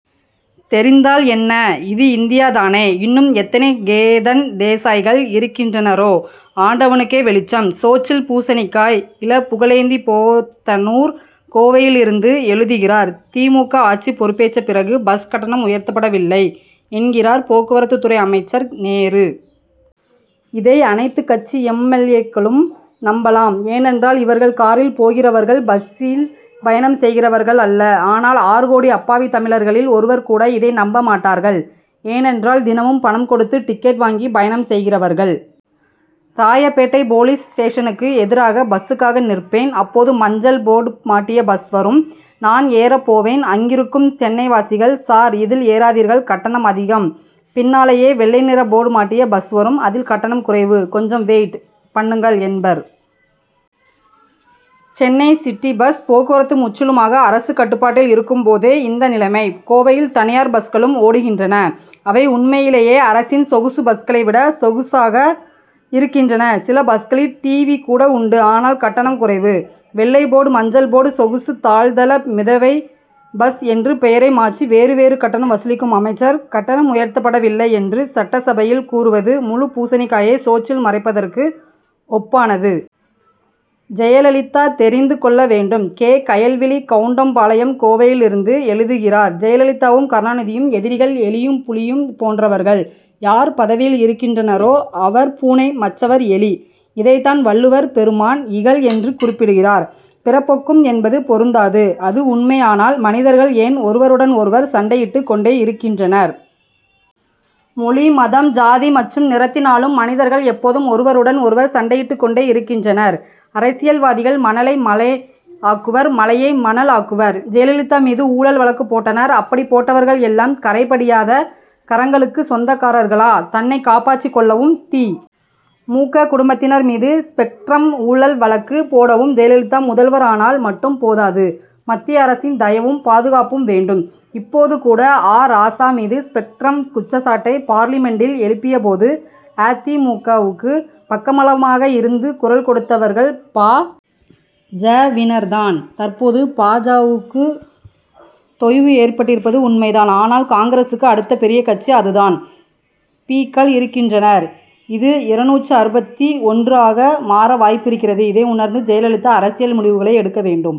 தெரிந்தால் என்ன? இது இந்தியா தானே. இன்னும் எத்தனை கேதன் தேசாய்கள் இருக்கின்றனரோ ஆண்டவனுக்கே வெளிச்சம். சோற்றில் பூசணிக்காய்! இள. புகழேந்தி போத்தனூர் கோவையிலிருந்து எழுதுகிறார் தி. மு. க. ஆட்சி பொறுப்பேற்ற பிறகு பஸ் கட்டணம் உயர்த்தப்படவில்லை என்கிறார் போக்குவரத்துத் துறை அமைச்சர் நேரு. இதை அனைத்துக் கட்சி எம். எல். ஏ.க்களும் நம்பலாம். ஏனென்றால் இவர்கள் காரில் போகிறவர்கள் பஸ்சில் பயணம் செய்கிறவர்கள் அல்ல. ஆனால் ஆறு கோடி அப்பாவித் தமிழர்களில் ஒருவர் கூட இதை நம்ப மாட்டார்கள். ஏனென்றால் தினமும் பணம் கொடுத்து டிக்கெட் வாங்கி பயணம் செய்கிறவர்கள். ராயப்பேட்டை போலீஸ் ஸ்டேஷனுக்கு எதிராக பஸ்சுக்காக நிற்பேன். அப்போது மஞ்சள் போர்டு மாட்டிய பஸ் வரும். நான் ஏறப் போவேன். அங்கிருக்கும் சென்னைவாசிகள் சார் இதில் ஏறாதீர்கள் கட்டணம் அதிகம். பின்னாலேயே வெள்ளை நிற போர்டு மாட்டிய பஸ் வரும் அதில் கட்டணம் குறைவு. கொஞ்சம் வெயிட் பண்ணுங்கள் என்பர். சென்னை சிட்டி பஸ் போக்குவரத்து முற்றிலுமாக அரசு கட்டுப்பாட்டில் இருக்கும்போதே இந்த நிலைமை. கோவையில் தனியார் பஸ்களும் ஓடுகின்றன. அவை உண்மையிலேயே அரசின் சொகுசு பஸ்களை விட சொகுசாக இருக்கின்றன. சில பஸ்களில் டிவி கூட உண்டு ஆனால் கட்டணம் குறைவு. வெள்ளை போர்டு மஞ்சள் போர்டு சொகுசு தாழ்தள மிதவை பஸ் என்று பெயரை மாற்றி வேறு வேறு கட்டணம் வசூலிக்கும் அமைச்சர் கட்டணம் உயர்த்தப்படவில்லை என்று சட்டசபையில் கூறுவது முழுப் பூசணிக்காயை சோற்றில் மறைப்பதற்கு ஒப்பானது. ஜெயலலிதா தெரிந்து கொள்ள வேண்டும்! கே. கயல்விழி கவுண்டம் பாளையம் கோவையிலிருந்து எழுதுகிறார் ஜெயலலிதாவும் கருணாநிதியும் எதிரிகள் எலியும் பூனையும் போன்றவர்கள். யார் பதவியில் இருக்கின்றனரோ அவர் பூனை மற்றவர் எலி. இதைத்தான் வள்ளுவர் பெருமான் இகல் என்று குறிப்பிடுகிறார். பிறப்பொக்கும் என்பது பொருந்தாது. அது உண்மையானால் மனிதர்கள் ஏன் ஒருவருடன் ஒருவர் சண்டையிட்டுக் கொண்டே இருக்கின்றனர்? மொழி மதம் ஜாதி மற்றும் நிறத்தினாலும் மனிதர்கள் எப்போதும் ஒருவருடன் ஒருவர் சண்டையிட்டுக் கொண்டே இருக்கின்றனர். அரசியல்வாதிகள் மணலை மலை ஆக்குவர் மலையை மணல் ஆக்குவர். ஜெயலலிதா மீது ஊழல் வழக்கு போட்டனர். அப்படி போட்டவர்கள் எல்லாம் கறை படியாத கரங்களுக்கு சொந்தக்காரர்களா? தன்னைக் காப்பாற்றிக் கொள்ளவும் தி. மு. க. குடும்பத்தினர் மீது ஸ்பெக்ட்ரம் ஊழல் வழக்கு போடவும் ஜெயலலிதா முதல்வர் ஆனால் மட்டும் போதாது மத்திய அரசின் தயவும் பாதுகாப்பும் வேண்டும். இப்போது கூட ஆ. ராசா மீது ஸ்பெக்ட்ரம் குற்றச் சாட்டை பார்லிமென்டில் எழுப்பியபோது அ. தி. மு. க.வுக்கு பக்கபலமாக இருந்து குரல் கொடுத்தவர்கள் பா. ஜ.வினர் தான். தற்போது பா. ஜ.வுக்கு தொய்வு ஏற்பட்டிருப்பது உண்மைதான். ஆனால் காங்கிரசுக்கு அடுத்த பெரிய கட்சி அதுதான். பி.க்கள் இருக்கின்றனர். இது இருநூற்று அறுபத்தி ஒன்று ஆக மாற வாய்ப்பு இருக்கிறது. இதை உணர்ந்து ஜெயலலிதா அரசியல் முடிவுகளை எடுக்க வேண்டும்.